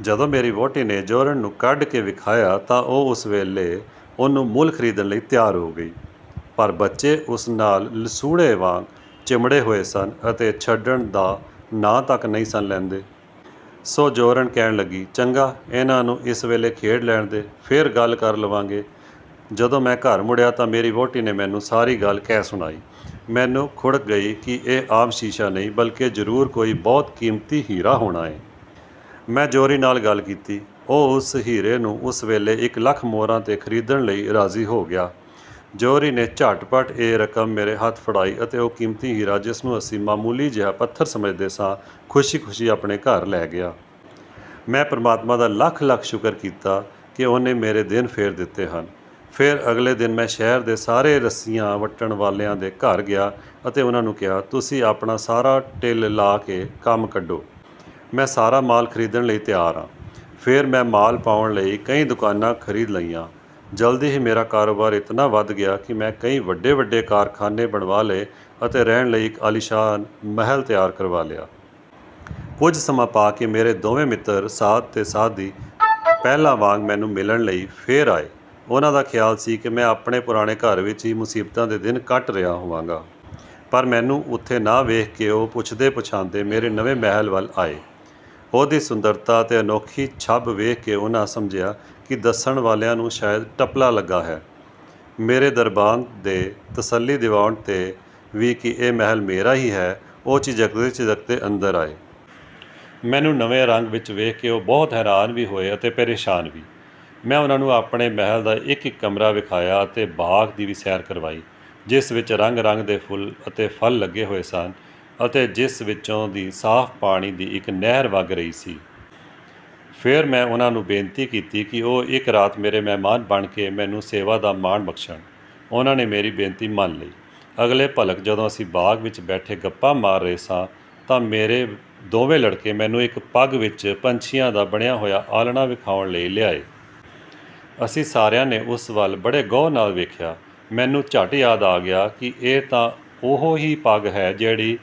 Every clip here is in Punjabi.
ਜਦੋਂ ਮੇਰੀ ਵਹੁਟੀ ਨੇ ਜੌਹਰਣ ਨੂੰ ਕੱਢ ਕੇ ਵਿਖਾਇਆਂ ਤਾਂ ਉਹ ਉਸੇ ਵੇਲੇ ਉਹਨੂੰ ਮੁਲ ਖ਼ਰੀਦਣ ਲਈ ਤਿਆਰ ਹੋ ਗਈ। ਪਰ ਬੱਚੇ ਉਸ ਨਾਲ ਲਸੂੜੇ ਵਾਂਙ ਚਿਮੜੇ ਹੋਏ ਸਨ ਅਤੇ ਛੱਡਣ ਦਾ ਨਾਂ ਤੱਕ ਨਹੀਂ ਸਨ ਲੈਂਦੇ। ਸੋ ਜੌਹਰਣ ਕਹਿਣ ਲੱਗੀ, "ਚੰਗਾ, ਇਹਨਾਂ ਨੂੰ ਇਸ ਵੇਲੇ ਖੇਡ ਲੈਣ ਦੇ। ਫੇਰ ਗੱਲ ਕਰ ਲਵਾਂਗੇ। " ਜਦੋਂ ਮੈਂ ਘਰ ਮੁੜਿਆ ਤਾਂ ਮੇਰੀ ਵਹੁਟੀ ਨੇ ਮੈਨੂੰ ਸਾਰੀ ਗੱਲ ਕਹਿ ਸੁਣਾਈ। ਮੈਨੂੰ ਖੁੜਕ ਗਈ ਕਿ ਇਹ ਆਮ ਸ਼ੀਸ਼ਾ ਨਹੀਂ ਬਲਕਿ ਜ਼ਰੂਰ ਕੋਈ ਬਹੁਤ ਕੀਮਤੀ ਹੀਰਾ ਹੋਣਾ ਏ। ਮੈਂ ਜੌਹਰੀ ਨਾਲ ਗੱਲ ਕੀਤੀ। ਉਹ ਉਸ ਹੀਰੇ ਨੂੰ ਉਸੇ ਵੇਲੇ ਇਕ ਲੱਖ ਮੁਹਰਾਂ ਤੇ ਖ਼ਰੀਦਣ ਲਈ ਰਾਜ਼ੀ ਹੋ ਗਿਆ। ਜੌਹਰੀ ਨੇ ਝਟ ਪਟ ਇਹ ਰਕਮ ਮੇਰੇ ਹੱਥ ਫੜਾਈ ਅਤੇ ਉਹ ਕੀਮਤੀ ਹੀਰਾ ਜਿਸ ਨੂੰ ਅਸੀਂ ਮਾਮੂਲੀ ਜਿਹਾ ਪੱਥਰ ਸਮਝਦੇ ਸਾਂ, ਖੁਸ਼ੀ ਖੁਸ਼ੀ ਆਪਣੇ ਘਰ ਲੈ ਗਿਆ। ਮੈਂ ਪਰਮਾਤਮਾ ਦਾ ਲੱਖ ਲੱਖ ਸ਼ੁਕਰ ਕੀਤਾ ਕਿ ਉਹਨੇ ਮੇਰੇ ਦਿਨ ਫੇਰ ਦਿੱਤੇ ਹਨ। ਫੇਰ ਅਗਲੇ ਦਿਨ ਮੈਂ ਸ਼ਹਿਰ ਦੇ ਸਾਰੇ ਰੱਸੀਆਂ ਵੱਟਣ ਵਾਲਿਆਂ ਦੇ ਘਰ ਗਿਆ ਅਤੇ ਉਹਨਾਂ ਨੂੰ ਕਿਹਾ, 'ਤੁਸੀਂ ਆਪਣਾ ਸਾਰਾ ਟਿੱਲ ਲਾ ਕੇ ਕੰਮ ਕੱਢੋ। ਮੈਂ ਸਾਰਾ ਮਾਲ ਖ਼ਰੀਦਣ ਲਈ ਤਿਆਰ ਆਂ। ਫੇਰ ਮੈਂ ਮਾਲ ਪਾਉਣ ਲਈ ਕਈ ਦੁਕਾਨਾਂ ਖ਼ਰੀਦ ਲਈਆਂ। ਜਲਦੀ ਹੀ ਮੇਰਾ ਕਾਰੋਬਾਰ ਇਤਨਾ ਵੱਧ ਗਿਆ ਕਿ ਮੈਂ ਕਈ ਵੱਡੇ ਵੱਡੇ ਕਾਰਖ਼ਾਨੇ ਬਣਵਾ ਲਏ ਅਤੇ ਰਹਿਣ ਲਈ ਇਕ ਆਲੀਸ਼ਾਨ ਮਹੱਲ ਤਿਆਰ ਕਰਵਾ ਲਿਆ। ਕੁਝ ਸਮਾਂ ਪਾ ਕੇ ਮੇਰੇ ਦੋਵੇਂ ਮਿੱਤਰ, ਸਾਅਦ ਤੇ ਸਾਅਦੀ, ਪਹਿਲਾਂ ਵਾਂਙ ਮੈਨੂੰ ਮਿਲਣ ਲਈ ਫੇਰ ਆਏ। ਉਹਨਾਂ ਦਾ ਖ਼ਿਆਲ ਸੀ ਕਿ ਮੈਂ ਆਪਣੇ ਪੁਰਾਣੇ ਘਰ ਵਿਚ ਹੀ ਮੁਸੀਬਤਾਂ ਦੇ ਦਿਨ ਕੱਟ ਰਿਹਾ ਹੋਵਾਂਗਾ। ਪਰ ਮੈਨੂੰ ਉੱਥੇ ਨਾ ਵੇਖ ਕੇ ਉਹ ਪੁੱਛਦੇ ਪੁੱਛਾਂਦੇ ਮੇਰੇ ਨਵੇਂ ਮਹੱਲ ਵੱਲ ਆਏ। ਉਹਦੀ ਸੁੰਦਰਤਾ ਅਤੇ ਅਨੋਖੀ ਛੱਬ ਵੇਖ ਕੇ ਉਹਨਾਂ ਸਮਝਿਆ ਕਿ ਦੱਸਣ ਵਾਲਿਆਂ ਨੂੰ ਸ਼ਾਇਦ ਟੱਪਲਾ ਲੱਗਾ ਹੈ। ਮੇਰੇ ਦਰਬਾਨ ਦੇ ਤਸੱਲੀ ਦਿਵਾਉਣ ਤੇ ਵੀ ਕਿ ਇਹ ਮਹੱਲ ਮੇਰਾ ਹੀ ਹੈ, ਉਹ ਝਿਜਕਦੇ ਝਿਜਕਦੇ ਅੰਦਰ ਆਏ। ਮੈਨੂੰ ਨਵੇਂ ਰੰਗ ਵਿਚ ਵੇਖ ਕੇ ਉਹ ਬਹੁਤ ਹੈਰਾਨ ਵੀ ਹੋਏ ਅਤੇ ਪਰੇਸ਼ਾਨ ਵੀ। ਮੈਂ ਉਹਨਾਂ ਨੂੰ ਆਪਣੇ ਮਹੱਲ ਦਾ ਇਕ ਇਕ ਕਮਰਾ ਵਿਖਾਇਆ ਅਤੇ ਬਾਗ਼ ਦੀ ਵੀ ਸੈਰ ਕਰਵਾਈ, ਜਿਸ ਵਿਚ ਰੰਗ ਰੰਗ ਦੇ ਫੁੱਲ ਅਤੇ ਫਲ ਲੱਗੇ ਹੋਏ ਸਨ ਅਤੇ ਜਿਸ ਵਿੱਚੋਂ ਦੀ ਸਾਫ਼ ਪਾਣੀ ਦੀ ਇਕ ਨਹਿਰ ਵੱਗ ਰਹੀ ਸੀ। ਫੇਰ ਮੈਂ ਉਹਨਾਂ ਨੂੰ ਬੇਨਤੀ ਕੀਤੀ ਕਿ ਉਹ ਇਕ ਰਾਤ ਮੇਰੇ ਮਹਿਮਾਨ ਬਣ ਕੇ ਮੈਨੂੰ ਸੇਵਾ ਦਾ ਮਾਣ ਬਖ਼ਸ਼ਣ। ਉਹਨਾਂ ਨੇ ਮੇਰੀ ਬੇਨਤੀ ਮੰਨ ਲਈ। ਅਗਲੇ ਭਲਕ ਜਦੋਂ ਅਸੀਂ ਬਾਗ ਵਿਚ ਬੈਠੇ ਗੱਪਾਂ ਮਾਰ ਰਹੇ ਸਾਂ ਤਾਂ ਮੇਰੇ ਦੋਵੇਂ ਲੜਕੇ ਮੈਨੂੰ ਇਕ ਪੱਗ ਵਿਚ ਪੰਛੀਆਂ ਦਾ ਬਣਿਆ ਹੋਇਆ ਆਲਣਾ ਵਿਖਾਉਣ ਲਈ ਲਿਆਏ। ਅਸੀਂ ਸਾਰਿਆਂ ਨੇ ਉਸ ਵਲ ਬੜੇ ਗਹੁ ਨਾਲ ਵੇਖਿਆ। ਮੈਨੂੰ ਝੱਟ ਯਾਦ ਆ ਗਿਆ ਕਿ ਇਹ ਤਾਂ ਉਹ ਹੀ ਪੱਗ ਹੈ ਜਿਹੜੀ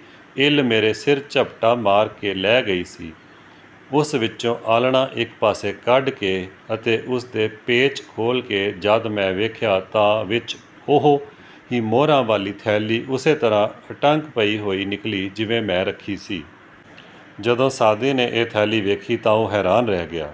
ਇੱਲ ਮੇਰੇ ਸਿਰ ਝਪਟਾ ਮਾਰ ਕੇ ਲੈ ਗਈ ਸੀ। ਉਸ ਵਿਚੋਂ ਆਲ੍ਹਣਾ ਇਕ ਪਾਸੇ ਕੱਢ ਕੇ ਅਤੇ ਉਸ ਦੇ ਪੇਚ ਖੋਲ ਕੇ ਜਦ ਮੈਂ ਵੇਖਿਆ ਤਾਂ ਵਿਚ ਉਹੋ ਹੀ ਮੁਹਰਾਂ ਵਾਲੀ ਥੈਲੀ ਉਸੇ ਤਰ੍ਹਾਂ ਅਟੰਕ ਪਈ ਹੋਈ ਨਿਕਲੀ ਜਿਵੇਂ ਮੈਂ ਰੱਖੀ ਸੀ। ਜਦੋਂ ਸਾਅਦੀ ਨੇ ਇਹ ਥੈਲੀ ਵੇਖੀ ਤਾਂ ਉਹ ਹੈਰਾਨ ਰਹਿ ਗਿਆ।